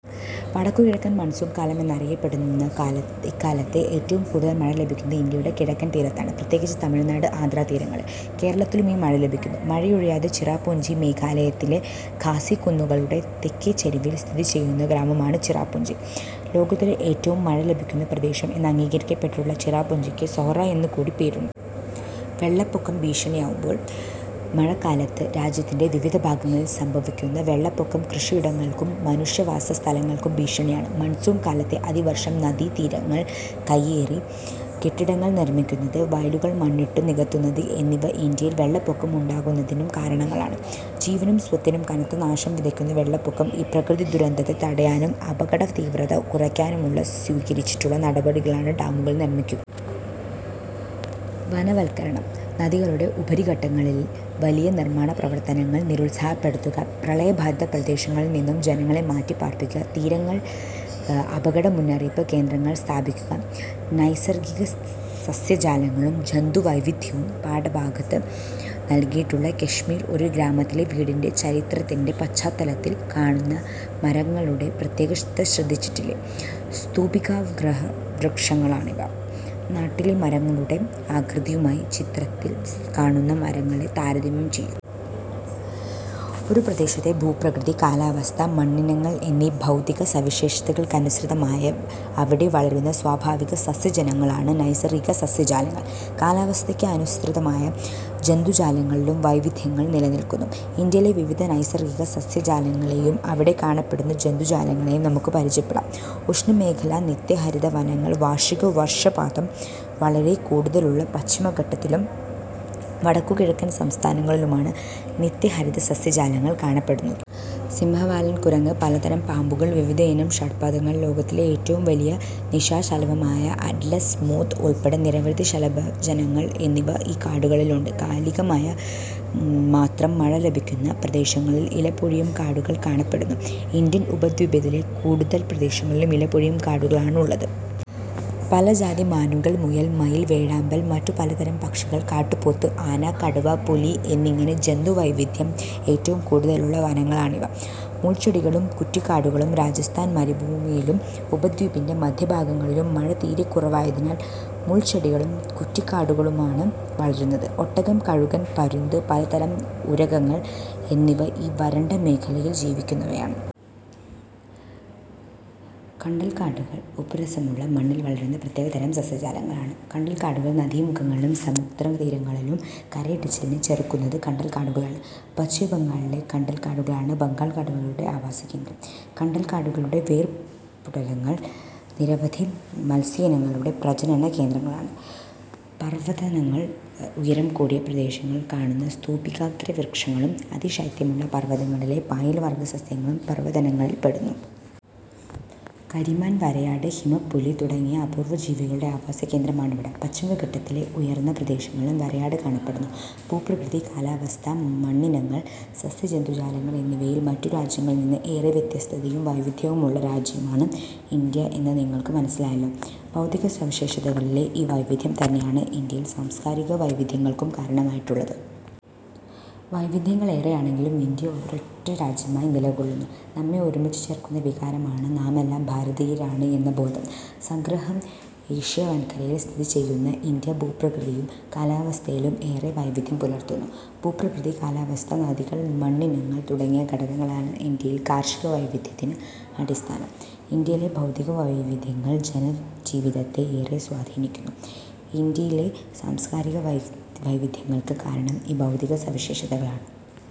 വടക്കുകിഴക്കൻ മൺസൂൺ കാലം എന്നറിയപ്പെടുന്ന ഇക്കാലത്ത് ഏറ്റവും കൂടുതൽ മഴ ലഭിക്കുന്നത് ഇന്ത്യയുടെ കിഴക്കൻ തീരത്താണ്, പ്രത്യേകിച്ച് തമിഴ്നാട്, ആന്ധ്രാതീരങ്ങളിൽ. കേരളത്തിലും ഈ മഴ ലഭിക്കുന്നു. മഴയൊഴിയാത്ത ചിറാപുഞ്ചി മേഘാലയത്തിലെ ഖാസി കുന്നുകളുടെ തെക്കേചരിവിൽ സ്ഥിതി ചെയ്യുന്ന ഗ്രാമമാണ് ചിറാപുഞ്ചി. ലോകത്തിലെ ഏറ്റവും മഴ ലഭിക്കുന്ന പ്രദേശം എന്ന് അംഗീകരിക്കപ്പെട്ടിട്ടുള്ള ചിറാപുഞ്ചിക്ക് സൊഹ്റ എന്നുകൂടി പേരുണ്ട്. വെള്ളപ്പൊക്കം ഭീഷണിയാകുമ്പോൾ... മഴക്കാലത്ത് രാജ്യത്തിന്റെ വിവിധഭാഗങ്ങളിൽ സംഭവിക്കുന്ന വെള്ളപ്പൊക്കം കൃഷിയിടങ്ങൾക്കും മനുഷ്യവാസസ്ഥലങ്ങൾക്കും ഭീഷണിയാണ്. മൺസൂൺ കാലത്തെ അതിവർഷം, നദീതീരങ്ങൾ കയ്യേറി കെട്ടിടങ്ങൾ നിർമിക്കുന്നത്, വയലുകൾ മണ്ണിട്ടു നികത്തുന്നത് എന്നിവ ഇന്ത്യയിൽ വെള്ളപ്പൊക്കം ഉണ്ടാകുന്നതിനു കാരണങ്ങളാണ്. ജീവനും സ്വത്തിനും കനത്ത നാശം വിതയ്ക്കുന്ന വെള്ളപ്പൊക്കം ഈ പ്രകൃതി ദുരന്തത്തെ തടയാനും അപകടതീവ്രത കുറയ്ക്കാനുമായി സ്വീകരിച്ചിട്ടുള്ള നടപടികളാണ്, ഡാമുകൾ നിർമ്മിക്കുക. വനവൽക്കരണം. നദികളുടെ ഉപരിഘട്ടങ്ങളിൽ വലിയ നിർമാണ പ്രവർത്തനങ്ങൾ നിരുത്സാഹപ്പെടുത്തുക. പ്രളയബാധിത പ്രദേശങ്ങളിൽനിന്നും ജനങ്ങളെ മാറ്റിപ്പാർപ്പിക്കുക. തീരങ്ങളിൽ അപകട മുന്നറിയിപ്പ് കേന്ദ്രങ്ങൾ സ്ഥാപിക്കുക. നൈസർഗിക സസ്യജാലങ്ങളും ജന്തുവൈവിധ്യവും പാഠഭാഗത്ത് നൽകിയിട്ടുള്ള കാശ്മീരിലെ ഒരു ഗ്രാമത്തിലെ വീടിന്റെ ചിത്രത്തിന്റെ പശ്ചാത്തലത്തിൽ കാണുന്ന മരങ്ങളുടെ പ്രത്യേകത ശ്രദ്ധിച്ചില്ലേ? സ്തൂപികാഗ്രവൃക്ഷങ്ങളാണിവ. നാട്ടിലെ മരങ്ങളുടെ ആകൃതിയുമായി ചിത്രത്തിൽ കാണുന്ന മരങ്ങളെ താരതമ്യം ചെയ്യൂ. ഒരു പ്രദേശത്തെ ഭൂപ്രകൃതി, കാലാവസ്ഥ, മണ്ണിനങ്ങൾ എന്നീ ഭൗതിക സവിശേഷതകൾക്കനുസൃതമായി അവിടെ വളരുന്ന സ്വാഭാവിക സസ്യഇനങ്ങളാണ് നൈസർഗിക സസ്യജാലങ്ങൾ. കാലാവസ്ഥയ്ക്ക് അനുസൃതമായി ജന്തുജാലങ്ങളിലും വൈവിധ്യങ്ങൾ നിലനിൽക്കുന്നു. ഇന്ത്യയിലെ വിവിധ നൈസർഗിക സസ്യജാലങ്ങളെയും അവിടെ കാണപ്പെടുന്ന ജന്തു ജാലങ്ങളെയും നമുക്ക് പരിചയപ്പെടാം. ഉഷ്ണമേഖലാ നിത്യഹരിതവനങ്ങൾ വാർഷിക വർഷപാതം വളരെ കൂടുതലുള്ള പശ്ചിമഘട്ടത്തിലും വടക്കുകിഴക്കൻ സംസ്ഥാനങ്ങളിലുമാണ് നിത്യഹരിതസസ്യജാലങ്ങൾ കാണപ്പെടുന്നത്. സിംഹവാലൻ കുരങ്ങ്, പലതരം പാമ്പുകൾ, വിവിധയിനം ഷഡ്പദങ്ങൾ, ലോകത്തിലെ ഏറ്റവും വലിയ നിശാശലഭമായ അറ്റ്ലസ് മോത്ത് ഉൾപ്പെടെ നിരവധി ശലഭ ഇനങ്ങൾ എന്നിവ ഈ കാടുകളിലുണ്ട്. കാലികമായി മാത്രം മഴ ലഭിക്കുന്ന പ്രദേശങ്ങളിൽ ഇല പൊഴിയും കാടുകൾ കാണപ്പെടുന്നു. ഇന്ത്യൻ ഉപദ്വീപിലെ കൂടുതൽ പ്രദേശങ്ങളിലും ഇലപൊഴിയും കാടുകളാണ് ഉള്ളത്. പല ജാതി മാനുകൾ, മുയൽ, മയിൽ, വേഴാമ്പൽ, മറ്റു പലതരം പക്ഷികൾ, കാട്ടുപോത്ത്, ആന, കടുവ, പുലി എന്നിങ്ങനെ ജന്തു വൈവിധ്യം ഏറ്റവും കൂടുതലുള്ള വനങ്ങളാണിവ. മുൾച്ചെടികളും കുറ്റിക്കാടുകളും രാജസ്ഥാൻ മരുഭൂമിയിലും ഉപദ്വീപിന്റെ മധ്യഭാഗങ്ങളിലും മഴ തീരെ കുറവായതിനാൽ മുൾച്ചെടികളും കുറ്റിക്കാടുകളുമാണ് വളരുന്നത്. ഒട്ടകം, കഴുകൻ, പരുന്ത്, പലതരം ഉരഗങ്ങൾ എന്നിവ ഈ വരണ്ട മേഖലയിൽ ജീവിക്കുന്നവയാണ്. കണ്ടൽക്കാടുകൾ ഉപ്പുരസമുള്ള മണ്ണിൽ വളരുന്ന പ്രത്യേകതരം സസ്യജാലങ്ങളാണ് കണ്ടൽക്കാടുകൾ. നദീമുഖങ്ങളിലും സമുദ്രതീരങ്ങളിലും കരയിടിച്ചിലിനെ ചെറുക്കുന്നത് കണ്ടൽക്കാടുകളാണ്. പശ്ചിമബംഗാളിലെ കണ്ടൽക്കാടുകളാണ് ബംഗാൾ കടുവയുടെ ആവാസകേന്ദ്രം. കണ്ടൽക്കാടുകളുടെ വേരുപടലങ്ങൾ നിരവധി മത്സ്യയിനങ്ങളുടെ പ്രജനനകേന്ദ്രങ്ങളാണ്. പർവതവനങ്ങൾ ഉയരം കൂടിയ പ്രദേശങ്ങളിൽ കാണുന്ന സ്തൂപികാഗ്രവ്യക്ഷങ്ങളും അതിശൈത്യമുള്ള പർവതങ്ങളിലെ പായൽ വർഗ്ഗ സസ്യങ്ങളും പർവതവനങ്ങളിൽപ്പെടുന്നു. കരിമാൻ, വരയാട്, ഹിമപ്പുലി തുടങ്ങിയ അപൂർവ ജീവികളുടെ ആവാസകേന്ദ്രമാണിവിടം പശ്ചിമഘട്ടത്തിന്റെ ഉയർന്ന പ്രദേശങ്ങളിലും വരയാട് കാണപ്പെടുന്നു. ഭൂപ്രകൃതി, കാലാവസ്ഥ, മണ്ണിനങ്ങൾ, സസ്യജന്തുജാലങ്ങൾ എന്നിവയിൽ മറ്റുരാജ്യങ്ങളിൽനിന്ന് ഏറെ വ്യത്യസ്തതയും വൈവിധ്യവുമുള്ള രാജ്യമാണ് ഇന്ത്യ എന്ന് നിങ്ങൾക്ക് മനസിലായല്ലോ. ഭൗതിക സവിശേഷതകളിലെ ഈ വൈവിധ്യം തന്നെയാണ് ഇന്ത്യയിൽ സാംസ്കാരിക വൈവിധ്യങ്ങൾക്കും കാരണമായിട്ടുള്ളത്. വൈവിധ്യങ്ങൾ ഏറെയാണങ്കിലും ഇന്ത്യ ഒരൊറ്റരാജ്യമായി നിലകൊള്ളുന്നു. നമ്മെ ഒരുമിച്ചുചേർക്കുന്ന വികാരമാണ് നാമെല്ലാം ഭാരതീയരാണ് എന്ന ബോധം. സംഗ്രഹം ഏഷ്യാവൻകരയിൽ സ്ഥിതിചെയ്യുന്ന ഇന്ത്യ ഭൂപ്രകൃതിയിലും കാലാവസ്ഥയിലും ഏറെ വൈവിധ്യം പുലർത്തുന്നു. ഭൂപ്രകൃതി, കാലാവസ്ഥ, നദികൾ, മണ്ണിനങ്ങൾ തുടങ്ങിയ ഘടകങ്ങളാണ് ഇന്ത്യയിലെ കാർഷിക വൈവിധ്യത്തിന് അടിസ്ഥാനം. ഇന്ത്യയിലെ ഭൗതിക വൈവിധ്യങ്ങൾ ജനജീവിതത്തെ ഏറെ സ്വാധീനിക്കുന്നു. ഇന്ത്യയിലെ സാംസ്കാരിക വൈവിധ്യങ്ങൾക്ക് കാരണം ഈ ഭൗതിക സവിശേഷതകളാണ്.